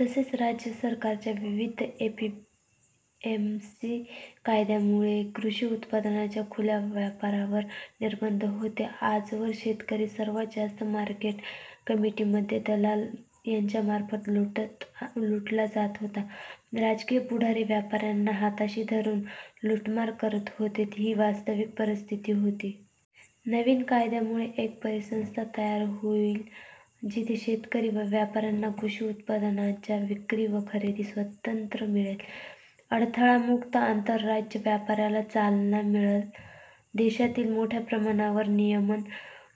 तसेच, राज्य सरकारांच्या विविध एपीएमसी कायद्यांमुळे कृषी उत्पादनांच्या खुल्या व्यापारावर निर्बंध होते. आजवर शेतकरी सर्वात जास्त मार्केट कमिटीमध्ये दलाल यांच्यामार्फत लुटला जात होता. राजकीय पुढारी व्यापाऱ्यांना हाताशी धरून लुटमार करत होते, ही वास्तविक परिस्थिती होती. नवीन कायद्यामुळे एक परिसंस्था तयार होईल, जिथे शेतकरी व व्यापाऱ्यांना कृषी उत्पादनांच्या विक्री व खरेदीचे स्वातंत्र्य मिळेल. अडथळामुक्त आंतरराज्य व्यापाराला चालना मिळेल. देशातील मोठ्या प्रमाणावर नियमन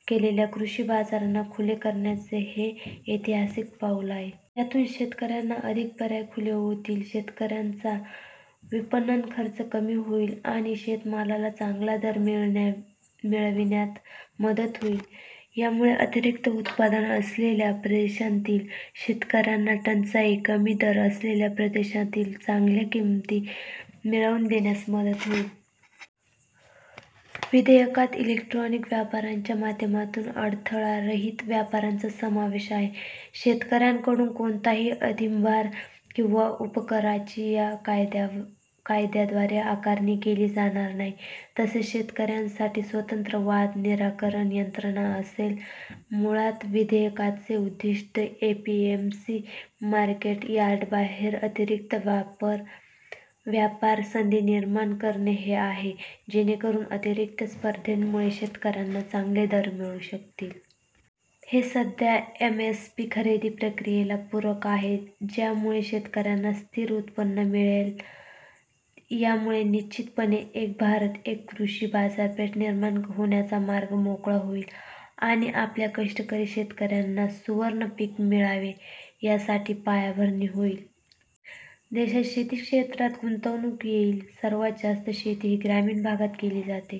केलेल्या कृषी बाजारांना खुले करण्याचे हे ऐतिहासिक पाऊल आहे. यातून शेतकऱ्यांना अधिक पर्याय खुले होतील, शेतकऱ्यांचा विपणन खर्च कमी होईल आणि शेतमालाला चांगला दर मिळविण्यात मदत होईल. यामुळे अतिरिक्त उत्पादन असलेल्या प्रदेशांतील शेतकऱ्यांना टंचाई, कमी दर असलेल्या प्रदेशांतील चांगल्या किंमती मिळवून देण्यास मदत होईल. विधेयकात इलेक्ट्रॉनिक व्यापाराच्या माध्यमातून अडथळारहित व्यापाराचा समावेश आहे. शेतकऱ्यांकडून कोणताही अधिभार किंवा उपकराची या कायद्याद्वारे आकारणी केली जाणार नाही. तसेच शेतकऱ्यांसाठी स्वतंत्र वाद निराकरण यंत्रणा असेल. मुळात विधेयकाचे उद्दिष्ट एपीएमसी मार्केट यार्डबाहेर अतिरिक्त व्यापार संधी निर्माण करणे हे आहे, जेणेकरून अतिरिक्त स्पर्धेमुळे शेतकऱ्यांना चांगले दर मिळू शकतील. हे सध्या एमएसपी खरेदी प्रक्रियेला पूरक आहे, ज्यामुळे शेतकऱ्यांना स्थिर उत्पन्न मिळेल. यामुळे निश्चितपणे एक भारत, एक कृषी बाजारपेठ निर्माण होण्याचा मार्ग मोकळा होईल आणि आपल्या कष्टकरी शेतकऱ्यांना सुवर्ण पीक मिळावे यासाठी पायाभरणी होईल. देशात शेती क्षेत्रात गुंतवणूक येईल. सर्वात जास्त शेती ही ग्रामीण भागात केली जाते.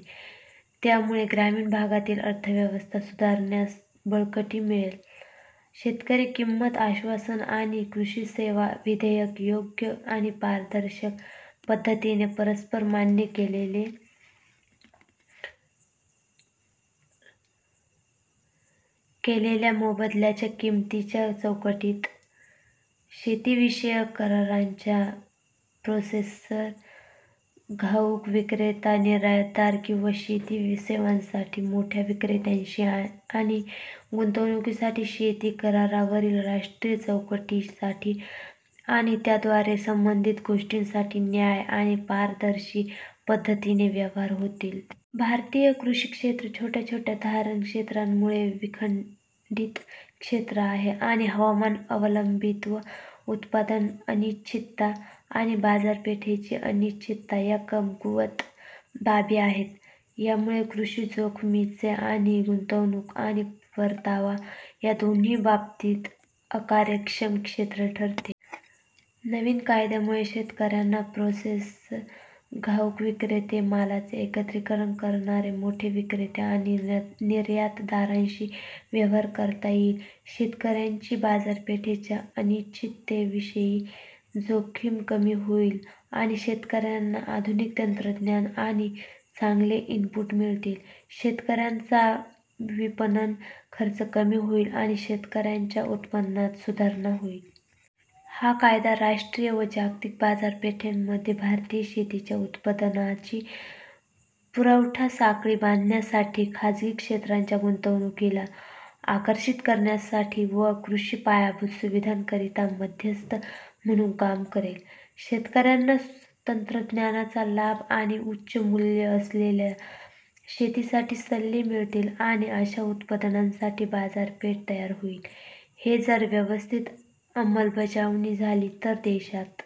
त्यामुळे ग्रामीण भागातील अर्थव्यवस्था सुधारण्यास बळकटी मिळेल. शेतकरी किंमत आश्वासन आणि कृषी सेवा विधेयक, योग्य आणि पारदर्शक पद्धतीने परस्पर मान्य केलेल्या मोबदल्याच्या किंमतीच्या चौकटीत शेतीविषयक कराराच्या, प्रोसेसर, घाऊक विक्रेता, निर्यातदार किंवा शेती सेवांसाठी मोठ्या विक्रेत्यांशी आणि गुंतवणुकीसाठी शेती करारावरील राष्ट्रीय चौकटीसाठी आणि त्याद्वारे संबंधित गोष्टींसाठी न्याय आणि पारदर्शी पद्धतीने व्यवहार होतील. भारतीय कृषी क्षेत्र छोट्या छोट्या धारणक्षेत्रामुळे विखंडित क्षेत्र आहे आणि हवामान अवलंबित्व, उत्पादन अनिश्चितता आणि बाजारपेठेची अनिश्चितता या कमकुवत बाबी आहेत. यामुळे कृषी जोखमीचे आणि गुंतवणूक आणि परतावा या दोन्ही बाबतीत अकार्यक्षम क्षेत्र ठरते. नवीन कायद्यामुळे शेतकऱ्यांना प्रोसेसर्स, घाऊक विक्रेते, मालाचे एकत्रिकरण करणारे, मोठे विक्रेते आणि निर्यातदारांशी व्यवहार करता येईल. शेतकऱ्याची बाजारपेठेच्या अनिश्चिततेविषयीची जोखीम कमी होईल आणि शेतकऱ्यांना आधुनिक तंत्रज्ञान आणि चांगले इनपुट मिळतील. शेतकऱ्यांचा विपणन खर्च कमी होईल आणि शेतकऱ्यांच्या उत्पन्नात सुधारणा होईल. हा कायदा राष्ट्रीय व जागतिक बाजारपेठांमध्ये भारतीय शेतीच्या उत्पादनांची पुरवठा साखळी बांधण्यासाठी खासगी क्षेत्राच्या गुंतवणुकीला आकर्षित करण्यासाठी व कृषी पायाभूत सुविधांकरिता मध्यस्थ म्हणून काम करेल. शेतकऱ्यांना तंत्रज्ञानाचा लाभ आणि उच्च मूल्य असलेल्या शेतीसाठी सल्ले मिळतील आणि अशा उत्पादनांसाठी बाजारपेठ तयार होईल. हे जर व्यवस्थित अंमलबजावणी झाली तर देशात